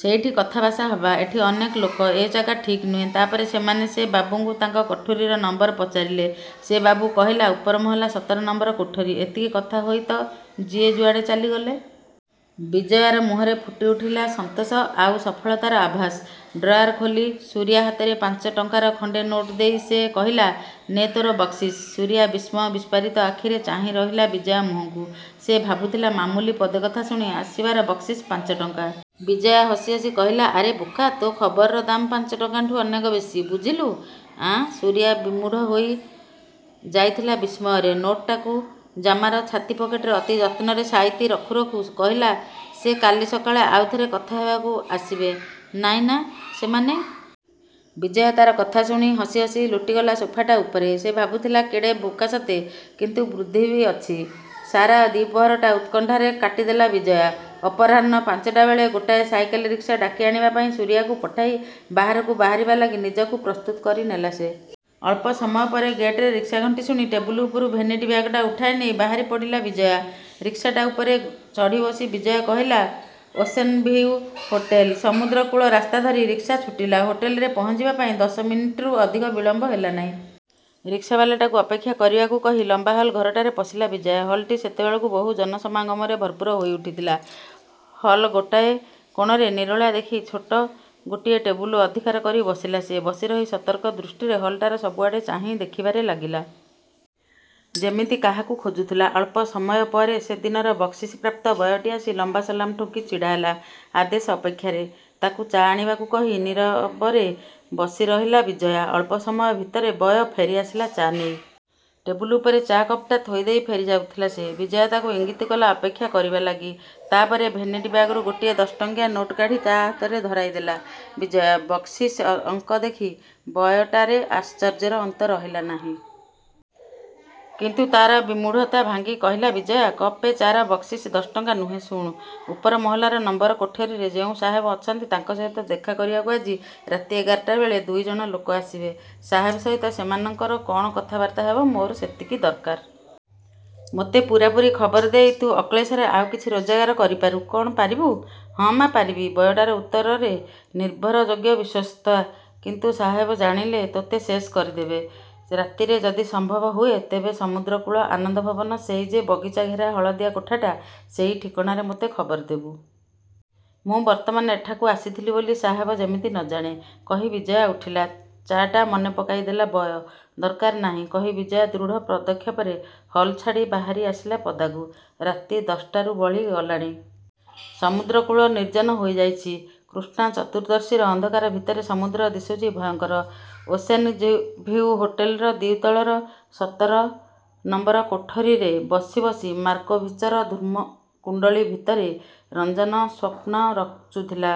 ସେଇଠି କଥାଭାଷା ହବା। ଏଠି ଅନେକ ଲୋକ। ଏ ଜାଗା ଠିକ୍ ନୁହେଁ। ତା'ପରେ ସେମାନେ ସେ ବାବୁକୁ ତାଙ୍କ କୋଠରୀର ନମ୍ଵର ପଚାରିଲେ ସେ ବାବୁ କହିଲା, ଉପର ମହଲା ସତର ନମ୍ଵର କୋଠରୀ। ଏତିକି କଥା ହୋଇ ତ ଯିଏ ଯୁଆଡ଼େ ଚାଲିଗଲେ। '' ବିଜୟାର ମୁହଁରେ ଫୁଟି ଉଠିଲା ସନ୍ତୋଷ ଆଉ ସଫଳତାର ଆଭାସ। ଡ୍ରୟାର ଖୋଲି, ସୁରିଆ ହାତରେ ପାଞ୍ଚଟଙ୍କାର ଖଣ୍ତେ ନୋଟ ଦେଇ ସେ କହିଲା—"ନେ ତୋର ବକ୍ସିସ୍। '' ସୁରିଆ ବିସ୍ମୟ ବିସ୍ଫାରିତ ଆଖିରେ ଚାହିଁ ରହିଲା ବିଜୟା ମୁହଁକୁ। ସେ ଭାବୁଥିଲା ମାମୁଲି ପଦେକଥା ଶୁଣି ଆସିବାର ବକ୍ସିସ୍ ପା–ଞ୍ଚ–ଟ–ଙ୍କା…। ବିଜୟା ହସି ହସି କହିଲା— "ଆରେ ବୋକା, ତୋ ଖବରର ଦାମ୍ ପାଞ୍ଚଟଙ୍କାଠୁ ଅନେକ ବେଶି। ବୁଝିଲୁ! '' "ଆଁ—" ସୁରିଆ ବିମୁଢ଼ ହୋଇ ଯାଇଥିଲା ବିସ୍ମୟରେ। ନୋଟଟାକୁ ଜାମାର ଛାତି ପକେଟରେ ଅତି ଯତ୍ନରେ ସାଇତି ରଖୁ ରଖୁ କହିଲା—ସେ "କାଲି ସକାଳେ ଆଉଥରେ କଥା ହେବାକୁ ଆସିବେ ନାଇଁ ନା, ସେମାନେ? '' ବିଜୟା ତା'ର କଥା ଶୁଣି ହସି ହସି ଲୋଟିଗଲା ସୋଫାଟା ଉପରେ। ସେ ଭାବୁଥିଲା କେଡ଼େ ବୋକା ସତେ! କିନ୍ତୁ ବୃଦ୍ଧି ବି ଅଛି। ସାରା ଦି'ପହରଟା ଉତ୍କଣ୍ଠାରେ କାଟିଦେଲା ବିଜୟା। ଅପରାହ୍ନ ପାଞ୍ଚଟା ବେଳେ ଗୋଟାଏ ସାଇକେଲ ରିକ୍ସା ଡାକି ଆଣିବା ପାଇଁ ସୁରିଆକୁ ପଠାଇ ବାହାରକୁ ବାହାରିବା ଲାଗି ନିଜକୁ ପ୍ରସ୍ତୁତ କରି ନେଲା ସେ। ଅଳ୍ପ ସମୟ ପରେ ଗେଟରେ ରିକ୍ସା ଘଣ୍ଟି ଶୁଣି ଟେବୁଲ ଉପରୁ ଭେନିଟି ବ୍ୟାଗଟା ଉଠାଇ ନେଇ ବାହାରି ପଡ଼ିଲା ବିଜୟା। ରିକ୍ସାଟା ଉପରେ ଚଢ଼ିବସି ବିଜୟା କହିଲା—"ଓସେନଭିଉ ହୋଟେଲ। '' ସମୁଦ୍ର କୂଳ ରାସ୍ତା ଧରି ରିକ୍ସା ଛୁଟିଲା। ହୋଟେଲେରେ ପହଞ୍ଚିବା ପାଇଁ ଦଶମିନିଟ୍ରୁ ଅଧିକ ବିଳମ୍ଵ ହେଲା ନାଇଁ। ରିକ୍ସାବାଲଟାକୁ ଅପେକ୍ଷା କରିବାକୁ କହି ଲମ୍ଵା ହଲ୍ ଘରଟାରେ ପଶିଲା ବିଜୟା। ହଲ୍ଟି ସେତେବେଳକୁ ବହୁ ଜନ ସମାଗମରେ ଭର୍ପୁର ହୋଇ ଉଠିଥିଲା। ହଲ୍ର ଗୋଟାଏ କୋଣରେ ନିରୋଳା ଦେଖି, ଛୋଟ ଗୋଟିଏ ଟେବୁଲ ଅଧିକାର କରି ବସିଲା ସେ। ବସି ରହି ସତର୍କ ଦୃଷ୍ଟିରେ ହଲଟାର ସବୁଆଡ଼େ ଚାହିଁ ଦେଖିବାରେ ଲାଗିଲା। ଯେମିତି କାହାକୁ ଖୋଜୁଥିଲା। ଅଳ୍ପ ସମୟପରେ ସେ ଦିନର ବକ୍ସିସ୍ ପ୍ରାପ୍ତ ବୟଟି ଆସି ଲମ୍ଵା ସଲାମ ଠୁଙ୍କି ଛିଡ଼ା ହେଲା ଆଦେଶ ଅପେକ୍ଷାରେ। ତାକୁ ଚା' ଆଣିବାକୁ କହି ନିରବରେ ବସି ରହିଲା ବିଜୟା। ଅଳ୍ପସମୟ ଭିତରେ ବୟ ଫେରି ଆସିଲା ଚା ନେଇ। ଟେବୁଲ ଉପରେ ଚା କପ୍ଟା ଥୋଇ ଦେଇ ଫେରି ଯାଉଥିଲା ସେ। ବିଜୟା ତାକୁ ଇଙ୍ଗିତ କଲା ଅପେକ୍ଷା କରିବା ଲାଗି। ତା'ପରେ ଭେନିଟି ବ୍ୟାଗରୁ ଗୋଟିଏ ଦଶଟଙ୍କିଆ ନୋଟ କାଢ଼ି ତା'ହାତରେ ଧରାଇ ଦେଲା–ବିଜୟା। ବକ୍ସିସ୍ର ଅଙ୍କ ଦେଖି ବୟଟାରେ ଆଶ୍ଚର୍ଯ୍ୟର ଅନ୍ତ ରହିଲା ନାହିଁ। କିନ୍ତୁ ତା'ର ବିମୁଢ଼ତା ଭାଙ୍ଗି କହିଲା ବିଜୟା— "କପେ ଚା'ର ବକ୍ସିସ୍ ଦଶଟଙ୍କା ନୁହେଁ। ଶୁଣ। ଉପର ମହଲାର ନମ୍ଵର କୋଠରୀରେ ଯେଉଁ ସାହେବ ଅଛନ୍ତି ତାଙ୍କ ସହିତ ଦେଖା କରିବାକୁ ଆଜି ରାତି ଏଗାରଟା ବେଳେ ଦୁଇଜଣ ଲୋକ ଆସିବେ। ସାହେବ ସହିତ ସେମାନଙ୍କର କ'ଣ କଥାବାର୍ତ୍ତା ହେବ ମୋର ସେତିକି ଦରକାର। ମୋତେ ପୂରାପୂରି ଖବର ଦେଇ ତୁ ଅକ୍ଳେଶରେ ଆଉ କିଛି ରୋଜଗାର କରିପାରୁ। କଣ ପାରିବୁ? '' "ହଁ ମା ପାରିବି। '' ବୟଟାର ଉତ୍ତରରେ ନିର୍ଭର ଯୋଗ୍ୟ ବିଶ୍ଵସ୍ତତା। "କିନ୍ତୁ ସାହେବ ଜାଣିଲେ ତୋତେ ଶେଷ କରିଦେବ। ରାତିରେ ଯଦି ସମ୍ଭବ ହୁଏ, ତେବେ ସମୁଦ୍ରକୂଳ ଆନନ୍ଦ ଭବନ, ସେଇ ଯେ ବଗିଚାଘେରା ହଳଦିଆ କୋଠାଟା, ସେଇ ଠିକଣାରେ ମୋତେ ଖବର ଦେବୁ। ମୁଁ ବର୍ତ୍ତମାନ ଏଠାକୁ ଆସିଥିଲି ବୋଲି ସାହେବ ଯେମିତି ନ ଜାଣେ। '' କହି ବିଜୟା ଉଠିଲା। "ଚା' ଟା… " ମନେ ପକାଇ ଦେଲା ବୟ। "ଦରକାର ନାହିଁ। '' କହି ବିଜୟା ଦୃଢ଼ ପଦକ୍ଷେପରେ ହଲ୍ଛାଡ଼ି ବାହାରି ଆସିଲା ପଦାକୁ। ରାତି ଦଶଟାରୁ ବଳି ଗଲାଣି। ସମୁଦ୍ରକୂଳ ନିର୍ଜନ ହୋଇ ଯାଇଚି। କୃଷ୍ଣା ଚତୁର୍ଦଶୀର ଅନ୍ଧକାର ଭିତରେ ସମୁଦ୍ର ଦିଶୁଚି ଭୟଙ୍କର। ଓସେନ୍ ଭିଉ ହୋଟେଲର ଦ୍ଵିତଳର ସତର ନମ୍ଵର କୋଠରୀରେ ବସି ବସି ମାର୍କୋଭିଚର ଧୂମ୍ରକୁଣ୍ତଳୀ ଭିତରେ ରଞ୍ଜନ ସ୍ଵପ୍ନ ରଚୁଥିଲା।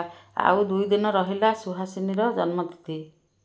ଆଉ ଦୁଇଦିନ ରହିଲା ସୁହାସିନୀର ଜନ୍ମ ତିଥି।